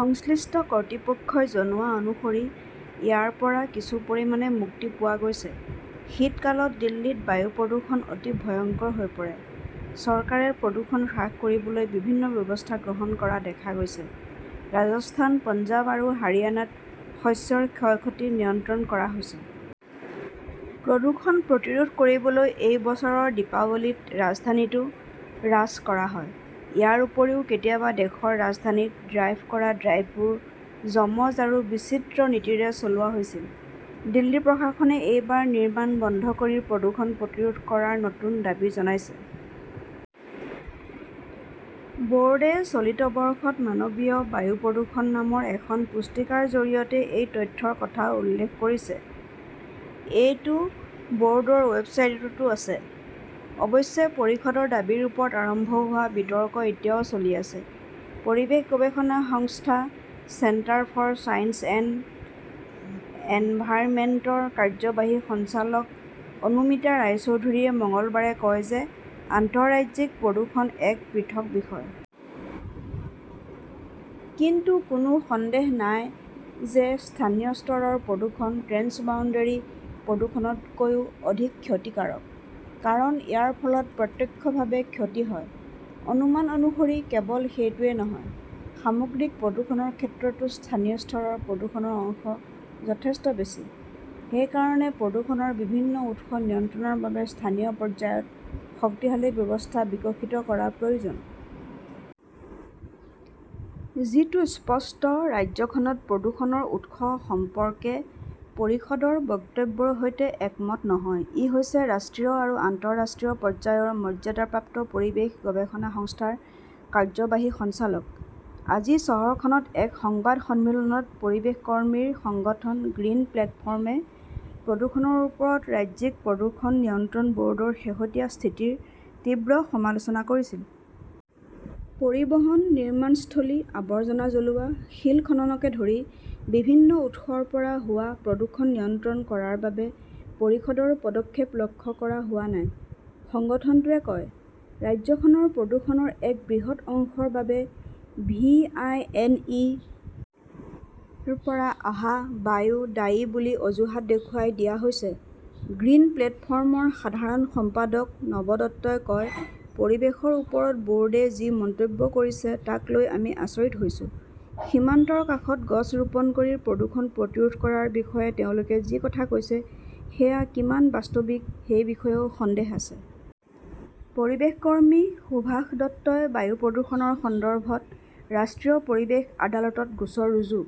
সংশ্লিষ্ট কৰ্তৃপক্ষই জনোৱা অনুসৰি ইয়াৰ পৰা কিছু পৰিমাণে মুক্তি পোৱা গৈছে। শীতকালত দিল্লীত বায়ু প্ৰদূষণ অতি ভয়ংকৰ হৈ পৰে। চৰকাৰে প্ৰদূষণ হ্ৰাস কৰিবলৈ বিভিন্ন ব্যৱস্থা গ্ৰহণ কৰা দেখা গৈছে। ৰাজস্থান, পঞ্জাৱ আৰু হাৰিয়ানাত শস্যৰ ক্ষয়-ক্ষতি নিয়ন্ত্ৰণ কৰা হৈছে। প্ৰদূষণ প্ৰতিৰোধ কৰিবলৈ এই বছৰৰ দীপাৱলীত ৰাজধানীতো ৰাছ কৰা হয়। ইয়াৰ উপৰিও কেতিয়াবা দেশৰ ৰাজধানীত ড্ৰাইভ কৰা ড্ৰাইভবোৰ যমজ আৰু বিচিত্ৰ নীতিৰে চলোৱা হৈছিল। দিল্লী প্ৰশাসনে এইবাৰ নিৰ্মাণ বন্ধ কৰি প্ৰদূষণ প্ৰতিৰোধ কৰাৰ নতুন দাবী জনাইছে। ব "ৰ্ডে চলিত বৰ্ষত 'মানৱীয় বায়ু প্ৰদূষণ" নামৰ এখন পুস্তিকাৰ জৰিয়তে এই তথ্যৰ কথাও উল্লেখ কৰিছে। এইটো ব "ৰ্ডৰ ৱেবছাইটতো আছে। অৱশ্যে, পৰিষদৰ দাবীৰ ওপৰত আৰম্ভ হোৱা বিতৰ্ক এতিয়াও চলি আছে। পৰিৱেশ গৱেষণা সংস্থা চেণ্টাৰ ফৰ ছায়েন্স এণ্ড এনভাইৰনমেণ্টৰ কাৰ্যবাহী সঞ্চালক অনুমিতা ৰায়চৌধৰীয়ে মঙলবাৰে কয় যে আন্তঃৰাজ্যিক প্ৰদূষণ এক পৃথক বিষয়। কিন্তু কোনো সন্দেহ নাই যে স্থানীয় স্তৰৰ প্ৰদূষণ ট্ৰেন্সবাউণ্ডাৰী প্ৰদূষণতকৈও অধিক ক্ষতিকাৰক। কাৰণ, ইয়াৰ ফলত প্ৰত্যক্ষভাৱে ক্ষতি হয়। অনুমান অনুসৰি, "কেৱল সেইটোৱেই নহয়, সামগ্ৰিক প্ৰদূষণৰ ক্ষেত্ৰতো স্থানীয় স্তৰৰ প্ৰদূষণৰ অংশ যথেষ্ট বেছি। সেই কাৰণে প্ৰদূষণৰ বিভিন্ন উৎস নিয়ন্ত্ৰণৰ বাবে স্থানীয় পৰ্যায়ত শক্তিশালী ব্যৱস্থা বিকশিত কৰাৰ প্ৰয়োজন। "যিটো স্পষ্ট, ৰাজ্যখনত প্ৰদূষণৰ উৎস সম্পৰ্কে পৰিষদৰ বক্তব্যৰ সৈতে একমত নহয়, ই হৈছে ৰাষ্ট্ৰীয় আৰু আন্তঃৰাষ্ট্ৰীয় পৰ্যায়ৰ মৰ্যাদাপ্ৰাপ্ত পৰিৱেশ গৱেষণা সংস্থাৰ কাৰ্যবাহী সঞ্চালক। আজি চহৰখনত এক সংবাদ সন্মিলনত পৰিৱেশ কৰ্মীৰ সংগঠন 'গ্ৰীণ প্লেটফৰ্ম "-এ প্ৰদূষণৰ ওপৰত ৰাজ্যিক প্ৰদূষণ নিয়ন্ত্ৰণ ব" ৰ্ডৰ শেহতীয়া স্থিতিৰ তীব্ৰ সমালোচনা কৰিছিল। পৰিবহণ, নিৰ্মাণস্থলী, আৱৰ্জনা জ্বলোৱা, শিল খননকে ধৰি বিভিন্ন উৎসৰ পৰা হোৱা প্ৰদূষণ নিয়ন্ত্ৰণ কৰাৰ বাবে পৰিষদৰ পদক্ষেপ লক্ষ্য কৰা হোৱা নাই, সংগঠনটোৱে কয়। ৰাজ্যখনৰ প্ৰদূষণৰ এক বৃহৎ অংশৰ বাবে ভি. আই. এন. ই. ৰ পৰা অহা বায়ু দায়ী বুলি অজুহাত দেখুৱাই দিয়া হৈছে। 'গ্ৰীণ প্লেটফৰ্ম "ৰ সাধাৰণ সম্পাদক নব দত্তই কয়," পৰিৱেশৰ ওপৰত বোৰ্ডে যি মন্তব্য কৰিছে তাক লৈ আমি আচৰিত হৈছো। সীমান্তৰ কাষত গছ ৰোপণ কৰি প্ৰদূষণ প্ৰতিৰোধ কৰাৰ বিষয়ে তেওঁলোকে যি কথা কৈছে সেয়া কিমান বাস্তৱিক সেই বিষয়েও সন্দেহ আছে। "পৰিৱেশ কৰ্মী সুভাষ দত্তই বায়ু প্ৰদূষণৰ সন্দৰ্ভত ৰাষ্ট্ৰীয় পৰিৱেশ আদালতত গোচৰ ৰুজু